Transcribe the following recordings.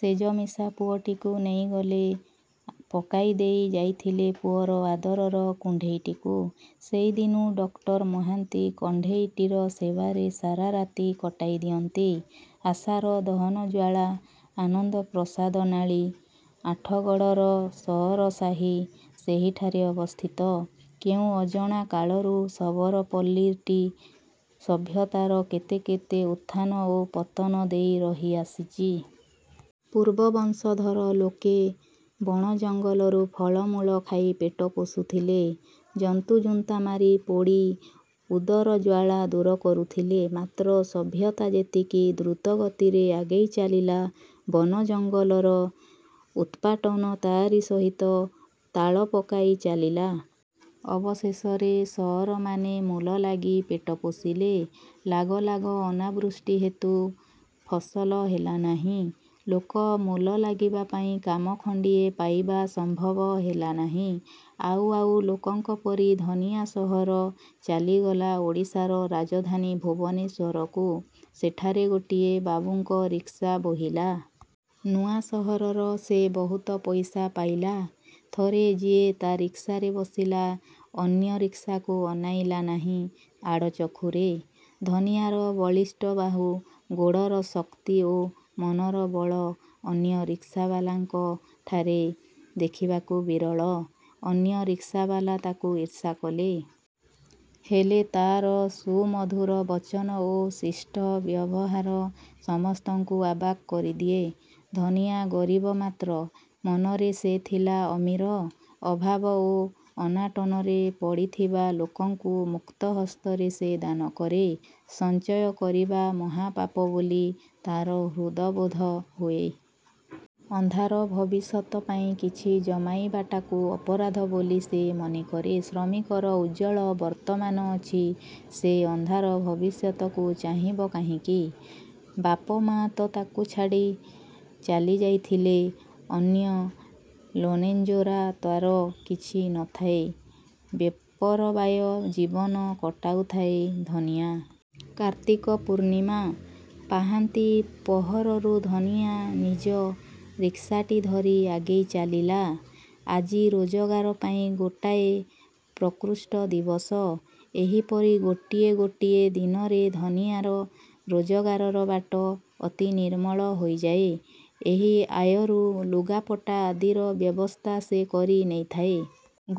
ଶେଯମିଶା ପୁଅଟିକୁ ନେଇଗଲେ। ପକାଇ ଦେଇ ଯାଇଥିଲେ ପୁଅର ଆଦରର କୁଣ୍ଢେଇଟିକୁ। ସେଇଦିନୁ ଡକ୍ଟର ମହାନ୍ତି କଣ୍ଢେଇଟିର ସେବାରେ ସାରା ରାତି କଟାଇଦିଅନ୍ତି। ଆଶାର ଦହନଜ୍ୱାଳା ଆନନ୍ଦ ପ୍ରସାଦ ନାଳୀ। ଆଠଗଡ଼ର ସଅର ସାହି ସେହିଠାରେ ଅବସ୍ଥିତ। କେଉଁ ଅଜଣା କାଳରୁ ଶବର ପଲ୍ଲୀଟି ସଭ୍ୟତାର କେତେ କେତେ ଉତ୍ଥାନ ଓ ପତନ ଦେଇ ରହି ଆସିଚି। ପୂର୍ବ ବଂଶଧର ଲୋକେ ବଣ ଜଙ୍ଗଲରୁ ଫଳ ମୂଳ ଖାଇ ପେଟ ପୋଷୁଥିଲେ। ଜନ୍ତୁ ଜୁନ୍ତା ମାରି, ପୋଡ଼ି ଉଦର ଜ୍ୱାଳା ଦୂର କରୁଥିଲେ। ମାତ୍ର ସଭ୍ୟତା ଯେତିକି ଦ୍ରୁତ ଗତିରେ ଆଗେଇ ଚାଲିଲା, ବନ ଜଙ୍ଗଲର ଉତ୍ପାଟନ ତାରି ସହିତ ତାଳ ପକାଇ ଚାଲିଲା। ଅବଶେଷରେ ସଅରମାନେ ମୂଲ ଲାଗି ପେଟ ପୋଷିଲେ। ଲାଗ ଲାଗ ଅନାବୃଷ୍ଟି ହେତୁ ଫସଲ ହେଲାନାହିଁ। ଲୋକ ମୂଲ ଲାଗିବା ପାଇଁ କାମ ଖଣ୍ତିଏ ପାଇବା ସମ୍ଭବ ହେଲାନାହିଁ। ଆଉ ଆଉ ଲୋକଙ୍କ ପରି ଧନିଆ ସହର ଚାଲିଗଲା ଓଡ଼ିଶାର ରାଜଧାନୀ ଭୁବନେଶ୍ୱରକୁ। ସେଠାରେ ଗୋଟିଏ ବାବୁଙ୍କ ରିକ୍ସା ବୋହିଲା। ନୂଆ ସହରର ସେ ବହୁତ ପଇସା ପାଇଲା। ଥରେ ଯିଏ ତା ରିକ୍ସାରେ ବସିଲା, ଅନ୍ୟ ରିକ୍ସାକୁ ଅନାଇଲା ନାହିଁ ଆଡ଼ଚକ୍ଷୁରେ। ଧନିଆର ବଳିଷ୍ଠ ବାହୁ, ଗୋଡ଼ର ଶକ୍ତି ଓ ମନର ବଳ ଅନ୍ୟ ରିକ୍ସାବାଲାଙ୍କଠାରେ ଦେଖିବାକୁ ବିରଳ। ଅନ୍ୟ ରିକ୍ସାବାଲା ତାକୁ ଈର୍ଷା କଲେ। ହେଲେ ତାର ସୁମଧୁର ବଚନ ଓ ଶିଷ୍ଟ ବ୍ୟବହାର ସମସ୍ତଙ୍କୁ ଅବାକ୍ କରିଦିଏ। ଧନିଆ ଗରିବ; ମାତ୍ର ମନରେ ସେ ଥିଲା ଅମୀର। ଅଭାବ ଓ ଅନାଟନରେ ପଡ଼ିଥିବା ଲୋକଙ୍କୁ ମୁକ୍ତ ହସ୍ତରେ ସେ ଦାନ କରେ। ସଞ୍ଚୟ କରିବା ମହାପାପ ବୋଲି ତାର ହୃଦବୋଧ ହୁଏ। ଅନ୍ଧାର ଭବିଷ୍ୟତ ପାଇଁ କିଛି ଜମାଇବାଟାକୁ ଅପରାଧ ବୋଲି ସେ ମନେ କରେ। ଶ୍ରମିକର ଉଜ୍ଜ୍ୱଳ ବର୍ତ୍ତମାନ ଅଛି, ସେ ଅନ୍ଧାର ଭବିଷ୍ୟତକୁ ଚାହିଁବ କାହିଁକି? ବାପ ମା'ତ ତାକୁ ଛାଡ଼ି ଚାଲିଯାଇଥିଲେ। ଅନ୍ୟ ଲୋନେଞ୍ଜେରା ତାର କିଛି ନ ଥାଏ। ବେପରବାୟ ଜୀବନ କଟାଉଥାଏ ଧନିଆ। କାର୍ତ୍ତିକ ପୂର୍ଣ୍ଣିମା। ପାହାନ୍ତି ପହରରୁ ଧନିଆଁ ନିଜ ରିକ୍ସାଟି ଧରି ଆଗେଇ ଚାଲିଲା। ଆଜି ରୋଜଗାର ପାଇଁ ଗୋଟାଏ ପ୍ରକୃଷ୍ଟ ଦିବସ। ଏହିପରି ଗୋଟିଏ ଗୋଟିଏ ଦିନରେ ଧନିଆର ରୋଜଗାରର ବାଟ ଅତି ନିର୍ମଳ ହୋଇଯାଏ। ଏହି ଆୟରୁ ଲୁଗାପଟା ଆଦିର ବ୍ୟବସ୍ଥା ସେ କରି ନେଇଥାଏ।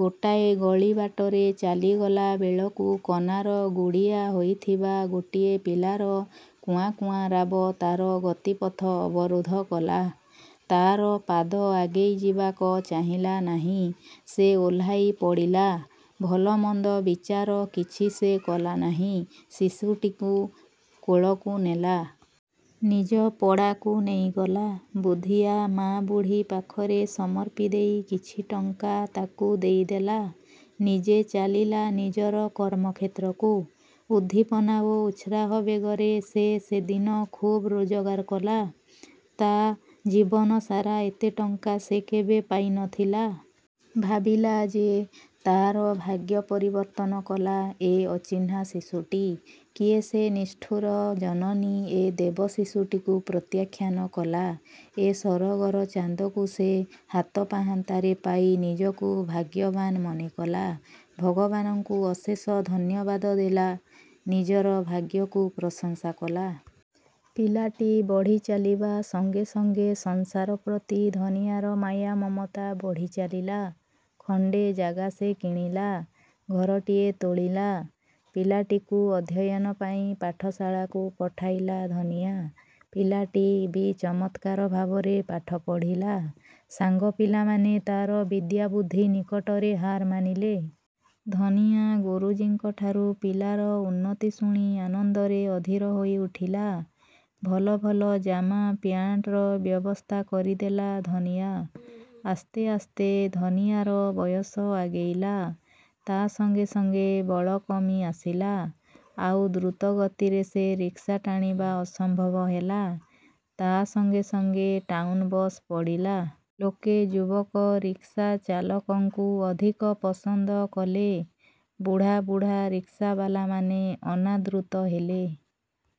ଗୋଟାଏ ଗଳି ବାଟରେ ଚାଲିଗଲା ବେଳକୁ କନାର ଗୁଡ଼ିଆ ହୋଇଥିବା ଗୋଟିଏ ପିଲାର 'କୁଆଁ' 'କୁଆଁ' ରାବ ତା'ର ଗତିପଥ ଅବରୋଧ କଲା। ତାର ପାଦ ଆଗେଇ ଯିବାକ ଚାହିଁଲା ନାହିଁ। ସେ ଓହ୍ଳାଇ ପଡ଼ିଲା। ଭଲମନ୍ଦ ବିଚାର କିଛି ସେ କଲା ନାହିଁ। ଶିଶୁଟିକୁ କୋଳକୁ ନେଲା। ନିଜ ପଡ଼ାକୁ ନେଇଗଲା। ବୁଦ୍ଧିଆ ମା ବୁଢ଼ୀ ପାଖରେ ସମର୍ପି ଦେଇ କିଛି ଟଙ୍କା ତାକୁ ଦେଇଦେଲା। ନିଜେ ଚାଲିଲା ନିଜର କର୍ମକ୍ଷେତ୍ରକୁ। ଉଦ୍ଦୀପନା ଓ ଉତ୍ସାହ ବେଗରେ ସେ ସେଦିନ ଖୁବ୍ ରୋଜଗାର କଲା। ତା ଜୀବନ ସାରା ଏତେ ଟଙ୍କା ସେ କେବେ ପାଇ ନ ଥିଲା। ଭାବିଲା ଯେ, ତାର ଭାଗ୍ୟ ପରିବର୍ତ୍ତନ କଲା ଏ ଅଚିହ୍ନା ଶିଶୁଟି। କିଏ ସେ ନିଷ୍ଠୁର ଜନନୀ ଏ ଦେବଶିଶୁଟିକୁ ପ୍ରତ୍ୟାଖ୍ୟାନ କଲା! ଏ ସରଗର ଚାନ୍ଦକୁ ସେ ହାତ ପାହାନ୍ତାରେ ପାଇ ନିଜକୁ ଭାଗ୍ୟବାନ୍ ମନେ କଲା। ଭଗବାନଙ୍କୁ ଅଶେଷ ଧନ୍ୟବାଦ ଦେଲା। ନିଜର ଭାଗ୍ୟକୁ ପ୍ରଶଂସା କଲା। ପିଲାଟି ବଢ଼ି ଚାଲିବା ସଙ୍ଗେ ସଙ୍ଗେ ସଂସାର ପ୍ରତି ଧନିଆର ମାୟା ମମତା ବଢ଼ି ଚାଲିଲା। ଖଣ୍ତେ ଜାଗା ସେ କିଣିଲା। ଘରଟିଏ ତୋଳିଲା। ପିଲାଟିକୁ ଅଧ୍ୟୟନ ପାଇଁ ପାଠଶାଳାକୁ ପଠାଇଲା ଧନିଆ। ପିଲାଟି ବି ଚମତ୍କାର ଭାବରେ ପାଠ ପଢ଼ିଲା। ସାଙ୍ଗ ପିଲାମାନେ ତାର ବିଦ୍ୟାବୁଦ୍ଧି ନିକଟରେ ହାର ମାନିଲେ। ଧନିଆଁ ଗୁରୁଜୀଙ୍କଠାରୁ ପିଲାର ଉନ୍ନତି ଶୁଣି ଆନନ୍ଦରେ ଅଧୀର ହୋଇ ଉଠିଲା। ଭଲ ଭଲ ଜାମା, ପ୍ୟାଣ୍ଟର ବ୍ୟବସ୍ଥା କରିଦେଲା ଧନିଆ। ଆସ୍ତେ ଆସ୍ତେ ଧନିଆର ବୟସ ଆଗେଇଲା। ତା ସଙ୍ଗେ ସଙ୍ଗେ ବଳ କମି ଆସିଲା। ଆଉ ଦ୍ରୁତ ଗତିରେ ସେ ରିକ୍ସା ଟାଣିବା ଅସମ୍ଭବ ହେଲା; ତା ସଙ୍ଗେ ସଙ୍ଗେ ଟାଉନ୍ ବସ୍ ପଡ଼ିଲା। ଲୋକେ ଯୁବକ ରିକ୍ସା ଚାଳକଙ୍କୁ ଅଧିକ ପସନ୍ଦ କଲେ। ବୁଢ଼ା ବୁଢ଼ା ରିକ୍ସାବାଲାମାନେ ଅନାଦ୍ରୁତ ହେଲେ।